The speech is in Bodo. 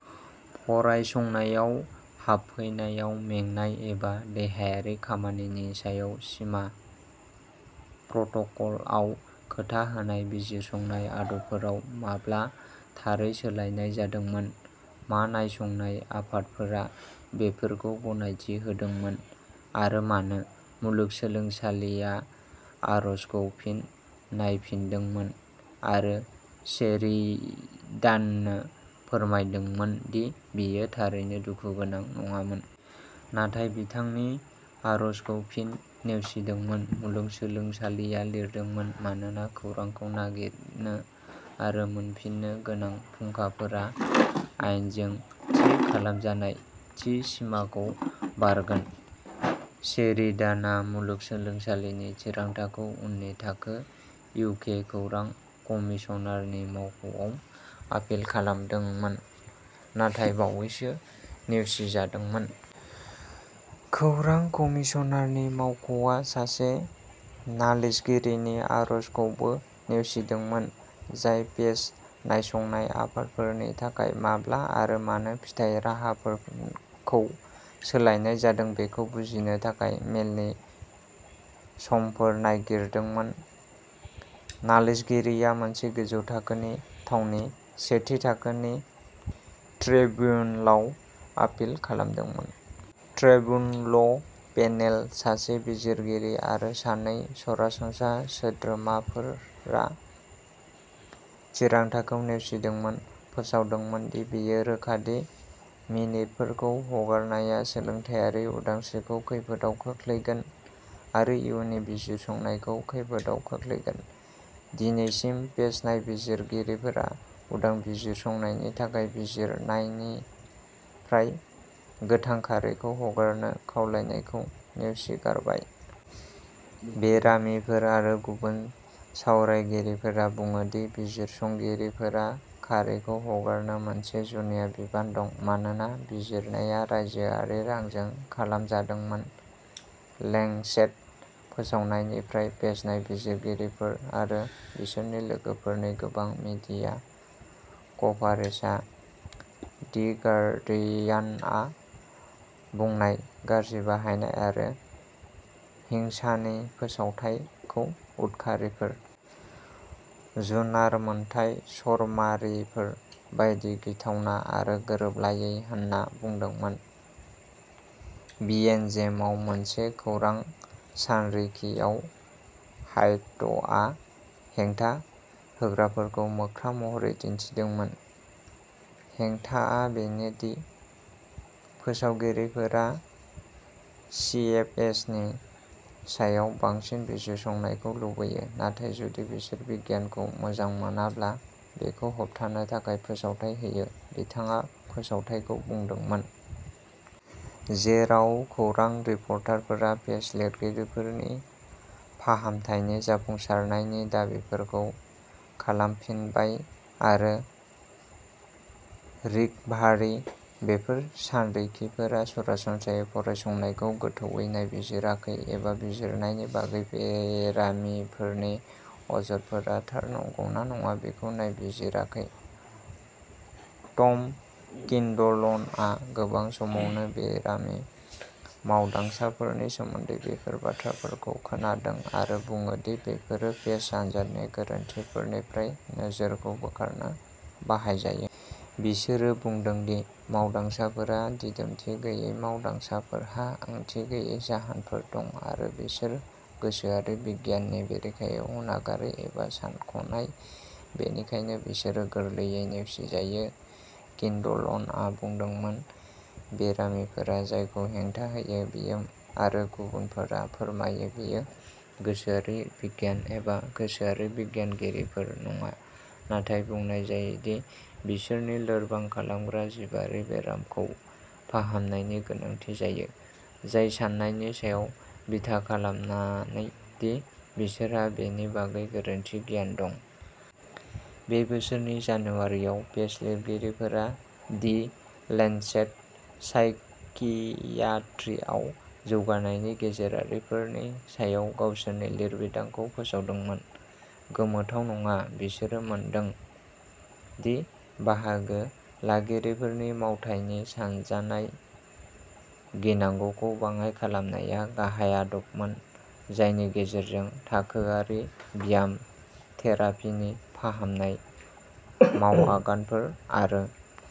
फरायसंनायाव हाबफैनायाव मेंनाय एबा देहायारि खामानिनि सायाव सिमा? प्रट'कलआव खोथा होनाय बिजिरसंनाय आदबफोराव माब्ला थारै सोलायनाय जादोंमोन, मा नायसंनाय आफादफोरा बेफोरखौ गनायथि होदोंमोन, आरो मानो? मुलुगसोलोंसालिया आरजखौ फिन नायफिनदोंमोन आरो शेरिडाननो फोरमायदोंमोन दि बेयो थारैनो "दुखु गोनां" नङामोन। नाथाय बिथांनि आरजखौ फिन नेवसिदोंमोन, मुलुगसोलोंसालिया लिरदोंमोन, मानोना खौरांखौ नागिरनो आरो मोनफिन्नो गोनां फुंखाफोरा आयेनजों थि खालामजानाय "थि सिमाखौ बारगोन"। शेरिडानआ मुलुगसोलोंसालिनि थिरांथाखौ उननि थाखो, इउ. के. खौरां कमिसनारनि मावख'आव आपिल खालामदोंमोन, नाथाय बावैसो नेवसिजादोंमोन। खौरां कमिसनारनि मावख'आ सासे नालिसगिरिनि आरजखौबो नेवसिदोंमोन, जाय पेस नायसंनाय आफादफोरनि थाखाय माब्ला आरो मानो फिथाय राहाफोरखौ सोलायनाय जादों बेखौ बुजिनो थाखाय मेलनि समफोर नागिरदोंमोन। नालिसगिरिआ मोनसे गोजौ थाखोनि थावनि, सेथि थाखोनि ट्रिब्युनलाव आपिल खालामदोंमोन। ट्रिब्युनल पेनेल-सासे बिजिरगिरि आरो सानै सरासनस्रा सोद्रोमाफोरा-थिरांथाखौ नेवसिदोंमोन, फोसावदोंमोन दि बेयो "रोखा" दि मिनितफोरखौ हगारनाया सोलोंथायारि उदांस्रिखौ खैफोदाव खोख्लैगोन आरो इयुननि बिजिरसंनायखौ खैफोदाव खोख्लैगोन। दिनैसिम, पेस नायबिजिरगिरिफोरा उदां बिजिरसंनायनि थाखाय बिजिरनायनिफ्राय गोथां खारिखौ हगारनो खावलायनायखौ नेवसिगारबाय। बेरामिफोर आरो गुबुन सावरायगिरिफोरा बुङो दि बिजिरसंगिरिफोरा खारिखौ हगारनो मोनसे जुनिया बिबान दं मानोना बिजिरनाया रायजोआरि रांजों खालामजादोंमोन। लेंसेट फोसावनायनिफ्राय, पेस नायबिजिरगिरिफोर आरो बिसोरनि लोगोफोरनि गोबां मिडिया कभारेजआ दि गार्डियानआ बुंनाय "गाज्रि बाहायनाय आरो हिंसानि फोसावथाय" खौ "उदखारिफोर... जुनार मोनथाय चरमारिफोर बायदि गिथावना आरो गोरोबलायै" होन्ना बुंदोंमोन। बिएमजेआव मोनसे खौरां सानरिखियाव, ह्वाइटआ हेंथा होग्राफोरखौ मोख्रा महरै दिन्थिदोंमोन। "हेंथाआ बेनो दि फोसावगिरिफोरा सिएफएसनि सायाव बांसिन बिजिरसंनायखौ लुबैयो, नाथाय जुदि बिसोर बिगियानखौ मोजां मोनाब्ला बेखौ होबथानो थाखाय फोसावथाय होयो", बिथाङा फोसावथायखौ बुंदोंमोन। जेराव खौरां रिपर्टफोरा पेस लिरगिरिफोरनि फाहामथायनि जाफुंसारनायनि दाबिफोरखौ खालामफिनबाय आरो "रिकभारि", बेफोर सानरिखिफोरा सरासनस्रायै फरायसंनायखौ गोथौवै नायबिजिराखै एबा बिजिरनायनि बागै बेरामिफोरनि अजदफोरा थार नंगौना नङा बेखौ नायबिजिराखै। टम किन्डल'नआ गोबां समावनो बेरामि मावदांसाफोरनि सोमोन्दै बेफोर बाथ्राफोरखौ खोनादों आरो बुङो दि बेफोरो पेस आनजादनि गोरोन्थिफोरनिफ्राय नोजोरखौ बोखारनो बाहायजायो। "बिसोरो बुंदों दि मावदांसाफोरा दिदोमथि गैयै, मावदांसाफोरहा ओंथि गैयै जाहोनफोर दं आरो बिसोर गोसोआरि बिगियाननि बेरेखायै अनागारि एबा सानख'नाय, बेनिखायनो बिसोरो गोरलैयै नेवसिजायो", किन्डल'नआ बुंदोंमोन। बेरामिफोरा जायखौ हेंथा होयो, बियो आरो गुबुनफोरा फोरमायो, बेयो गोसोआरि बिगियान एबा गोसोआरि बिगियानगिरिफोर नङा, नाथाय बुंनाय जायो दि बिसोरनि लोरबां खालामग्रा जिबारि बेरामखौ फाहामनायनि गोनांथि जायो, जाय साननायनि सायाव बिथा खालामनानै दि बिसोरहा बेनि बागै गोरोन्थि गियान दं। बे बोसोरनि जानुवारिआव, पेस लिरगिरिफोरा दि लेन्सेट साइकियाट्रीआव जौगानायनि गेजेरारिफोरनि सायाव गावसोरनि लिरबिदांखौ फोसावदोंमोन। गोमोथाव नङा, बिसोरो मोनदों दि बाहागो लागिरिफोरनि मावथायनि सानजानाय गिनांगौखौ बाङाइ खालामनाया गाहाय आदबमोन जायनि गेजेरजों थाखोआरि ब्याम थेरापीनि फाहामनाय मावआगानफोर आरो